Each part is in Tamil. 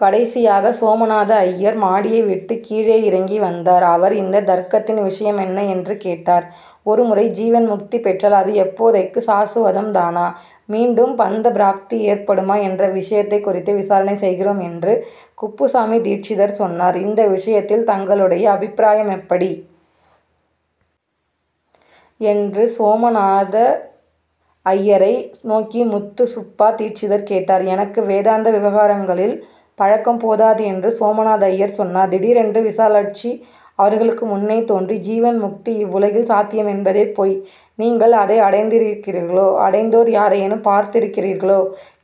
கடைசியாக சோமநாதய்யர் மாடியை விட்டுக் கீழேயிறங்கி வந்தார் அவர் இந்த தர்க்கத்தின் விஷயமென்ன என்று கேட்டார் ஒருமுறை ஜீவன் முக்தி பெற்றால் அது எப்போதைக்கும் சாசுவதம்தானா மீட்டும் பந்தப் ப்ராப்தி ஏற்படுமா என்ற விஷயத்தைக் குறித்து விசாரணை செய்கிறோம் என்று குப்புசாமி தீட்சிதர் சொன்னார். இந்த விஷயத்தில் தங்களுடைய அபிப்ராயமெப்படி என்று சோமநாதய்யரை நோக்கி முத்துசுப்பா தீட்சிதர் கேட்டார் எனக்கு வேதாந்த விவகாரங்களில் பழக்கம் போதாது என்று சோமநாதய்யர் சொன்னார் திடீரென்று விசாலாட்சி அவர்களுக்கு முன்னே தோன்றி ஜீவன்முக்தி இவ்வுலகில் சாத்தியமென்பதே பொய் நீங்கள் அதையடைந்திருக்கிறீர்களோ? அடைந்தோர் யாரையேனும் பார்த்திருக்கிறீர்களோ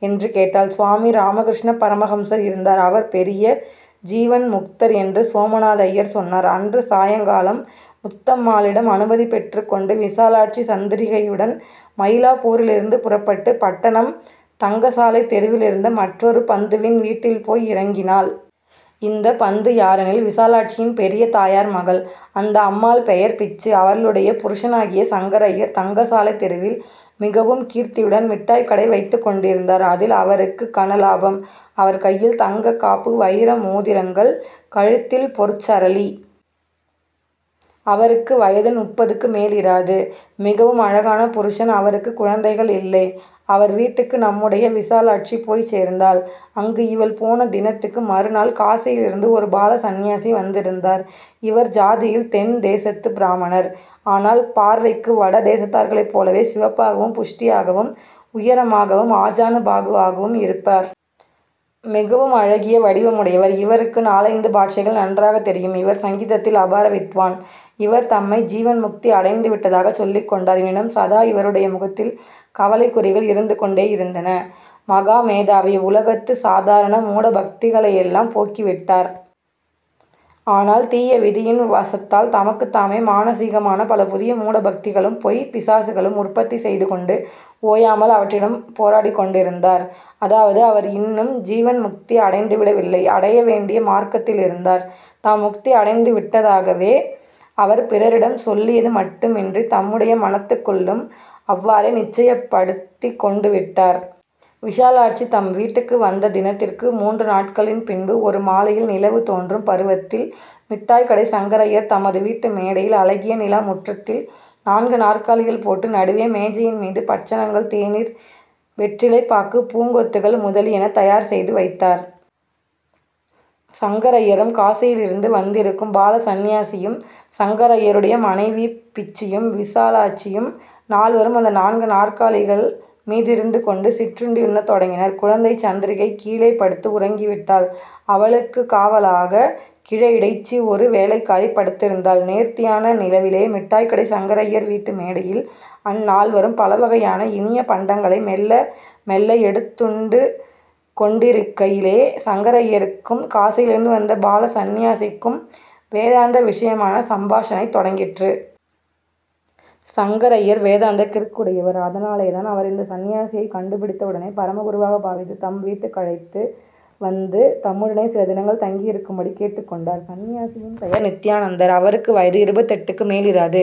என்று கேட்டாள். சுவாமி ராமகிருஷ்ண பரமஹம்ஸர் இருந்தார் அவர் பெரிய ஜீவன்முக்தர் என்று சோமநாதய்யர் சொன்னார் அன்று சாயங்காலம் முத்தம்மாளிடம் அனுமதிபெற்றுக் கொண்டு விசாலாட்சி சந்திரிகையுடன் மயிலாப்பூரிலிருந்து புறப்பட்டுப் பட்டணம் தங்கசாலைத் தெருவிலிருந்த மற்றொரு பந்துவின் வீட்டில் போய் இறங்கினாள் இந்த பந்து யாரெனில் விசாலாட்சியின் பெரிய தாயார் மகள். அந்த அம்மாள் பெயர் பிச்சு. அவளுடைய புருஷனாகிய சங்கரய்யர் தங்கசாலைத் தெருவில் மிகவும் கீர்த்தியுடன் மிட்டாய்க் கடை வைத்துக் கொண்டிருந்தார். அதில் அவருக்குக் கன லாபம். அவர் கையில் தங்கக் காப்பு; வயிர மோதிரங்கள்; கழுத்தில் பொற்சரளி. அவருக்கு வயது முப்பதுக்கு மேலிராது, மிகவும் அழகான புருஷன். அவருக்குக் குழந்தைகள் இல்லை. அவர் வீட்டுக்கு நம்முடைய விசாலாட்சி போய்ச் சேர்ந்தாள். அங்கு இவள் போன தினத்துக்கு மறுநாள் காசியிலிருந்து ஒரு பால சந்நியாசி வந்திருந்தார். இவர் ஜாதியில் தென்தேசத்துப் பிராமணர். ஆனால் பார்வைக்கு வட தேசத்தார்களைப் போலவே சிவப்பாகவும் புஷ்டியாகவும் உயரமாகவும் ஆஜானுபாகுவாகவும் இருப்பார். மிகவும் அழகிய வடிவமுடையவர். இவருக்கு நாலைந்து பாஷைகள் நன்றாகத் தெரியும். இவர் சங்கீதத்தில் அபார வித்வான் இவர் தம்மை ஜீவன் முக்தி அடைந்துவிட்டதாகச் சொல்லிக் கொண்டார். எனினும், சதா இவருடைய முகத்தில் கவலைக் குறிகள் இருந்து கொண்டேயிருந்தன. மகா மேதாவி. உலகத்து சாதாரண மூடபக்திகளையெல்லாம் போக்கிவிட்டார். ஆனால், தீய விதியின் வசத்தால் தமக்குத் தாமே மானசீகமான பல புதிய மூட பக்திகளும் பொய்ப் பிசாசுகளும் உற்பத்தி செய்து கொண்டு ஓயாமல் அவற்றுடன் போராடிக் கொண்டிருந்தார். அதாவது அவர் இன்னும் ஜீவன் முக்தி அடைந்துவிடவில்லை. அடைய வேண்டிய மார்க்கத்திலிருந்தார். தாம் முக்தி அடைந்துவிட்டதாகவே அவர் பிறரிடம் சொல்லியது மட்டுமன்றித் தம்முடைய மனத்துக்குள்ளும் அவ்வாறே நிச்சயப்படுத்திக் கொண்டுவிட்டார். விசாலாட்சி தம் வீட்டுக்கு வந்த தினத்திற்கு மூன்று நாட்களின் பின்பு ஒரு மாலையில் நிலவு தோன்றும் பருவத்தில் மிட்டாய்கடை சங்கரய்யர் தமது வீட்டு மேடையில் அழகிய நிலா முற்றத்தில் நான்கு நாற்காலிகள் போட்டு நடுவே மேஜையின் மீது பட்சணங்கள் தேநீர் வெற்றிலை பாக்கு பூங்கொத்துக்கள் முதலியன தயார் செய்து வைத்தார். சங்கரய்யரும், காசியிலிருந்து வந்திருக்கும் பால சந்நியாசியும், சங்கரய்யருடைய மனைவி பிச்சுவும், விசாலாட்சியும் நால்வரும் அந்த நான்கு நாற்காலிகள் மீதிருந்து கொண்டு சிற்றுண்டியுண்ணத் தொடங்கினர். குழந்தை சந்திரிகை கீழே படுத்து உறங்கிவிட்டாள். அவளுக்குக் காவலாகக் கிழ இடைச்சி, ஒரு வேலைக்காரி, படுத்திருந்தாள். நேர்த்தியான நிலவிலே மிட்டாய்க்கடை சங்கரய்யர் வீட்டு மேடையில், அந்நால்வரும் பல வகையான இனிய பண்டங்களை மெல்ல மெல்ல எடுத்துண்டு கொண்டிருக்கையிலே, சங்கரய்யருக்கும் காசியிலிருந்து வந்த பால சந்நியாசிக்கும் வேதாந்த விஷயமான சம்பாஷணை தொடங்கிற்று. சங்கரய்யர் வேதாந்தக் கிறுக்குடையவர். அதனாலேதான், அவர் இந்த சந்நியாசியைக் கண்டு பிடித்தவுடனே பரம குருவாக பாவித்துத் தம் வீட்டுக்கழைத்து வந்து தம்முடனேயே சில தினங்கள் தங்கியிருக்கும்படி கேட்டுக் கொண்டார். சந்நியாசியின் பெயர் நித்யானந்தர். அவருக்கு வயது இருபத்தெட்டுக்கு மேலிராது.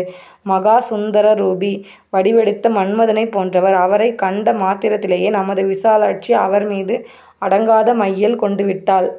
மகா சுந்தரரூபி. வடிவெடுத்த மன்மதனைப் போன்றவர். அவரைக் கண்ட மாத்திரத்திலேயே நமது விசாலாட்சி அவர்மீது அடங்காத மையல் கொண்டுவிட்டாள்.